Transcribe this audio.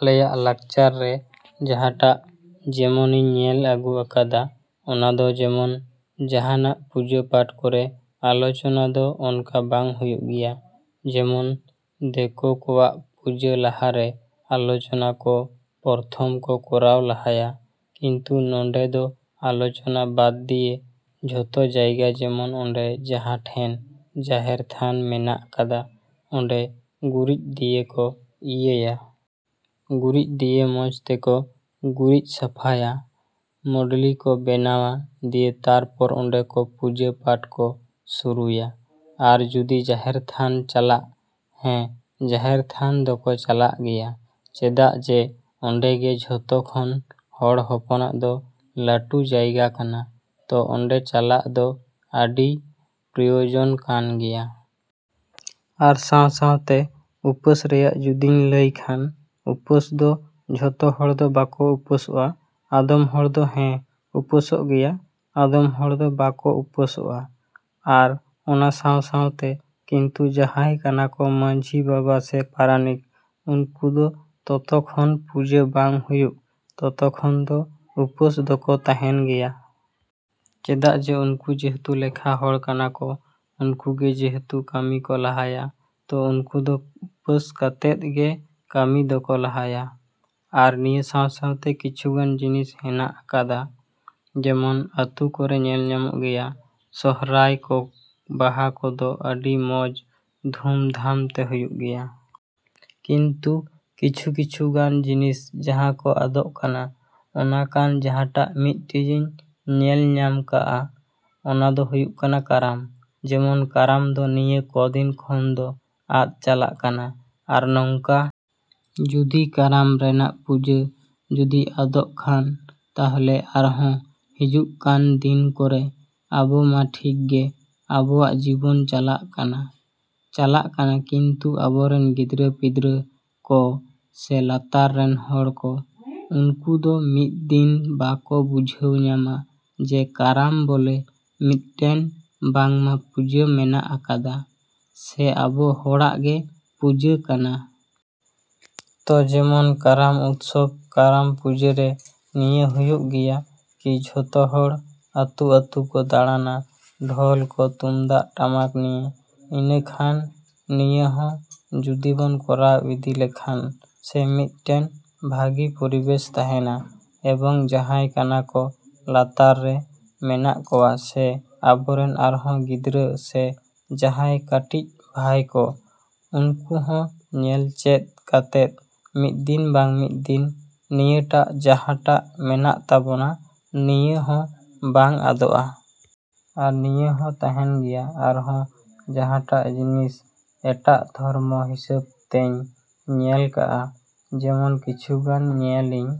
ᱟᱞᱮᱭᱟᱜ ᱞᱟᱠᱪᱟᱨ ᱨᱮ ᱡᱟᱦᱟᱸᱴᱟᱜ ᱡᱮᱢᱚᱱᱤᱧ ᱧᱮᱞ ᱟᱹᱜᱩ ᱟᱠᱟᱫᱟ, ᱚᱱᱟ ᱫᱚ ᱡᱮᱢᱚᱱ ᱡᱟᱦᱟᱱᱟᱜ ᱯᱩᱡᱟᱹ ᱯᱟᱴ ᱠᱚᱨᱮ ᱟᱞᱚᱪᱚᱱᱟ ᱫᱚ ᱚᱱᱠᱟ ᱵᱟᱝ ᱦᱩᱭᱩᱜ ᱜᱮᱭᱟ᱾ ᱡᱮᱢᱚᱱ ᱫᱮᱠᱚ ᱠᱚᱣᱟᱜ ᱯᱩᱡᱟᱹ ᱞᱟᱦᱟᱨᱮ ᱟᱞᱚᱪᱚᱱᱟ ᱠᱚ ᱯᱚᱨᱛᱷᱚᱢ ᱠᱚ ᱠᱚᱨᱟᱣ ᱞᱟᱦᱟᱭᱟ, ᱠᱤᱱᱛᱩ ᱱᱚᱸᱰᱮ ᱫᱚ ᱟᱞᱚᱪᱚᱱᱟ ᱵᱟᱫᱽ ᱫᱤᱭᱮ ᱡᱷᱚᱛᱚ ᱡᱟᱭᱜᱟ ᱡᱮᱢᱚᱱ ᱚᱸᱰᱮ ᱡᱟᱦᱟᱸᱴᱷᱮᱱ ᱡᱟᱦᱮᱨ ᱛᱷᱟᱱ ᱢᱮᱱᱟᱜ ᱟᱠᱟᱫᱟ, ᱚᱸᱰᱮ ᱜᱩᱨᱤᱡ ᱫᱤᱭᱮ ᱠᱚ ᱤᱭᱟᱹᱭᱟ᱾ ᱜᱩᱨᱤᱡ ᱫᱤᱭᱮ ᱢᱚᱡᱽ ᱛᱮᱠᱚ ᱜᱩᱨᱤᱡ ᱥᱟᱯᱷᱟᱭᱟ, ᱢᱚᱰᱞᱤ ᱠᱚ ᱵᱮᱱᱟᱣᱟ ᱫᱤᱭᱮ ᱛᱟᱨᱯᱚᱨ ᱚᱸᱰᱮ ᱠᱚ ᱯᱩᱡᱟᱹ ᱯᱟᱴ ᱠᱚ ᱥᱩᱨᱩᱭᱟ᱾ ᱟᱨ ᱡᱩᱫᱤ ᱡᱟᱦᱮᱨ ᱛᱷᱟᱱ ᱪᱟᱞᱟᱜ, ᱦᱮᱸ ᱡᱟᱦᱮᱨ ᱛᱷᱟᱱ ᱫᱚᱠᱚ ᱪᱟᱞᱟᱜ ᱜᱮᱭᱟ, ᱪᱮᱫᱟᱜ ᱡᱮ ᱚᱸᱰᱮ ᱜᱮ ᱡᱷᱚᱛᱚ ᱠᱷᱚᱱ ᱦᱚᱲ ᱦᱚᱯᱚᱱᱟᱜ ᱫᱚ ᱞᱟᱹᱴᱩ ᱡᱟᱭᱜᱟ ᱠᱟᱱᱟ ᱛᱚ ᱚᱸᱰᱮ ᱪᱟᱞᱟᱣ ᱫᱚ ᱟᱹᱰᱤ ᱯᱨᱚᱭᱳᱡᱚᱱ ᱠᱟᱱ ᱜᱮᱭᱟ᱾ ᱟᱨ ᱥᱟᱶ ᱥᱟᱶᱛᱮ ᱩᱯᱟᱹᱥ ᱨᱮᱭᱟᱜ ᱡᱩᱫᱤᱧ ᱞᱟᱹᱭ ᱠᱷᱟᱱ, ᱩᱯᱟᱹᱥ ᱫᱚ ᱡᱷᱚᱛᱚ ᱦᱚᱲ ᱫᱚ ᱵᱟᱠᱚ ᱩᱯᱟᱹᱥᱚᱜᱼᱟ, ᱟᱫᱚᱢ ᱦᱚᱲ ᱫᱚ ᱦᱮᱸ ᱩᱯᱟᱹᱥᱚᱜ ᱜᱮᱭᱟ ᱟᱫᱚᱢ ᱦᱚᱲ ᱫᱚ ᱵᱟᱠᱚ ᱩᱯᱟᱹᱥᱚᱜᱼᱟ᱾ ᱟᱨ ᱚᱱᱟ ᱥᱟᱶ ᱥᱟᱶᱛᱮ ᱠᱤᱱᱛᱩ ᱡᱟᱦᱟᱸᱭ ᱠᱟᱱᱟ ᱠᱚ ᱢᱟᱺᱡᱷᱤ ᱵᱟᱵᱟ ᱥᱮ ᱯᱟᱨᱟᱱᱤᱠ, ᱩᱱᱠᱩ ᱫᱚ ᱛᱚᱛᱚᱠᱷᱚᱱ ᱯᱩᱡᱟᱹ ᱵᱟᱝ ᱦᱩᱭᱩᱜ ᱛᱚᱛᱚᱠᱷᱚᱱ ᱫᱚ ᱩᱯᱟᱹᱥ ᱫᱚᱠᱚ ᱛᱟᱦᱮᱱ ᱜᱮᱭᱟ᱾ ᱪᱮᱫᱟᱜ ᱡᱮ ᱩᱱᱠᱩ ᱡᱮᱦᱮᱛᱩ ᱞᱮᱠᱷᱟ ᱦᱚᱲ ᱠᱟᱱᱟ ᱠᱚ, ᱩᱱᱠᱩ ᱜᱮ ᱡᱮᱦᱮᱛᱩ ᱠᱟᱹᱢᱤ ᱠᱚ ᱞᱟᱦᱟᱭᱟ ᱛᱚ ᱩᱱᱠᱩ ᱫᱚ ᱩᱯᱟᱹᱥ ᱠᱟᱛᱮᱫ ᱜᱮ ᱠᱟᱹᱢᱤ ᱫᱚᱠᱚ ᱞᱟᱦᱟᱭᱟ᱾ ᱟᱨ ᱱᱤᱭᱟᱹ ᱥᱟᱶ ᱥᱟᱶᱛᱮ ᱠᱤᱪᱷᱩᱜᱟᱱ ᱡᱤᱱᱤᱥ ᱦᱮᱱᱟᱜ ᱟᱠᱟᱫᱟ ᱡᱮᱢᱚᱱ ᱟᱹᱛᱩ ᱠᱚᱨᱮ ᱧᱮᱞ ᱧᱟᱢᱚᱜ ᱜᱮᱭᱟ, ᱥᱚᱦᱨᱟᱭ ᱠᱚ ᱵᱟᱦᱟ ᱠᱚᱫᱚ ᱟᱹᱰᱤ ᱢᱚᱡᱽ ᱫᱷᱩᱢ ᱫᱷᱟᱢ ᱛᱮ ᱦᱩᱭᱩᱜ ᱜᱮᱭᱟ᱾ ᱠᱤᱱᱛᱩ ᱠᱤᱪᱷᱩ ᱠᱤᱪᱷᱩ ᱜᱟᱱ ᱡᱤᱱᱤᱥ ᱡᱟᱦᱟᱸ ᱠᱚ ᱟᱫᱚᱜ ᱠᱟᱱᱟ, ᱚᱱᱟ ᱠᱟᱱ ᱡᱟᱦᱟᱸᱴᱟᱜ ᱢᱤᱫᱴᱤᱡᱤᱧ ᱧᱮᱞ ᱧᱟᱢ ᱠᱟᱜᱼᱟ, ᱚᱱᱟ ᱫᱚ ᱦᱩᱭᱩᱜ ᱠᱟᱱᱟ ᱠᱟᱨᱟᱢ᱾ ᱡᱮᱢᱚᱱ ᱠᱟᱨᱟᱢ ᱫᱚ ᱱᱤᱭᱟᱹ ᱠᱚᱫᱤᱱ ᱠᱷᱚᱱ ᱫᱚ ᱟᱫᱽ ᱪᱟᱞᱟᱜ ᱠᱟᱱᱟ᱾ ᱟᱨ ᱱᱚᱝᱠᱟ ᱡᱩᱫᱤ ᱠᱟᱨᱟᱢ ᱨᱮᱱᱟᱜ ᱯᱩᱡᱟᱹ ᱡᱩᱫᱤ ᱟᱫᱚᱜ ᱠᱷᱟᱱ ᱛᱟᱦᱞᱮ ᱟᱨᱦᱚᱸ ᱦᱤᱡᱩᱜ ᱠᱟᱱ ᱫᱤᱱ ᱠᱚᱨᱮ, ᱟᱵᱚ ᱢᱟ ᱴᱷᱤᱠ ᱜᱮ ᱟᱵᱚᱣᱟᱜ ᱡᱤᱵᱚᱱ ᱪᱟᱞᱟᱜ ᱠᱟᱱᱟ, ᱪᱟᱞᱟᱜ ᱠᱟᱱᱟ ᱠᱤᱱᱛᱩ ᱟᱵᱚᱨᱮᱱ ᱜᱤᱫᱽᱨᱟᱹ ᱯᱤᱫᱽᱨᱟᱹ ᱠᱚ ᱥᱮ ᱞᱟᱛᱟᱨ ᱨᱮᱱ ᱦᱚᱲ ᱠᱚ ᱩᱱᱠᱩ ᱫᱚ ᱢᱤᱫ ᱫᱤᱱ ᱵᱟᱠᱚ ᱵᱩᱡᱷᱟᱹᱣ ᱧᱟᱢᱟ ᱡᱮ ᱠᱟᱨᱟᱢ ᱵᱚᱞᱮ ᱢᱤᱫᱴᱮᱱ ᱵᱟᱝᱢᱟ ᱯᱩᱡᱟᱹ ᱢᱮᱱᱟᱜ ᱟᱠᱟᱫᱟ, ᱥᱮ ᱟᱵᱚ ᱦᱚᱲᱟᱜ ᱜᱮ ᱯᱩᱡᱟᱹ ᱠᱟᱱᱟ᱾ ᱛᱚ ᱡᱮᱢᱚᱱ ᱠᱟᱨᱟᱢ ᱩᱛᱥᱚᱵᱽ, ᱠᱟᱨᱟᱢ ᱯᱩᱡᱟᱹ ᱨᱮ ᱱᱤᱭᱟᱹ ᱦᱩᱭᱩᱜ ᱜᱮᱭᱟ, ᱠᱤ ᱡᱷᱚᱛᱚ ᱦᱚᱲ ᱟᱹᱛᱩᱼᱟᱹᱛᱩ ᱠᱚ ᱫᱟᱬᱟᱱᱟ ᱰᱷᱚᱞ ᱠᱚ ᱛᱩᱢᱫᱟᱜ ᱴᱟᱢᱟᱠ ᱱᱤᱭᱮ᱾ ᱤᱱᱟᱹ ᱠᱷᱟᱱ ᱱᱤᱭᱟᱹ ᱦᱚᱸ ᱡᱩᱫᱤᱵᱚᱱ ᱠᱚᱨᱟᱣ ᱤᱫᱤ ᱞᱮᱠᱷᱟᱱ ᱥᱮ ᱢᱤᱫᱴᱮᱱ ᱵᱷᱟᱹᱜᱤ ᱯᱚᱨᱤᱵᱮᱥ ᱛᱟᱦᱮᱱᱟ, ᱮᱵᱚᱝ ᱡᱟᱦᱟᱸᱭ ᱠᱟᱱᱟ ᱠᱚ ᱞᱟᱛᱟᱨ ᱨᱮ ᱢᱮᱱᱟᱜ ᱠᱚᱣᱟ ᱥᱮ ᱟᱵᱚᱨᱮᱱ ᱟᱨᱦᱚᱸ ᱜᱤᱫᱽᱨᱟᱹ ᱥᱮ ᱡᱟᱦᱟᱸᱭ ᱠᱟᱹᱴᱤᱡ ᱵᱷᱟᱭ ᱠᱚ, ᱩᱱᱠᱩ ᱦᱚᱸ ᱧᱮᱞ ᱪᱮᱫ ᱠᱟᱛᱮᱫ ᱢᱤᱫ ᱫᱤᱱ ᱵᱟᱝ ᱢᱤᱫ ᱫᱤᱱ ᱱᱤᱭᱟᱹᱴᱟᱜ ᱡᱟᱦᱟᱸᱴᱟᱜ ᱢᱮᱱᱟᱜ ᱛᱟᱵᱚᱱᱟ, ᱱᱤᱭᱟᱹ ᱦᱚᱸ ᱵᱟᱝ ᱟᱫᱚᱜᱼᱟ᱾ ᱟᱨ ᱱᱤᱭᱟᱹ ᱦᱚᱸ ᱛᱟᱦᱮᱱ ᱜᱮᱭᱟ᱾ ᱟᱨᱦᱚᱸ ᱡᱟᱦᱟᱸᱴᱟᱜ ᱡᱤᱱᱤᱥ ᱮᱴᱟᱜ ᱫᱷᱚᱨᱢᱚ ᱦᱤᱥᱟᱹᱵᱽ ᱛᱮᱧ ᱧᱮᱞ ᱠᱟᱜᱼᱟ ᱡᱮᱢᱚᱱ ᱠᱤᱪᱷᱩᱜᱟᱱ ᱧᱮᱞᱤᱧ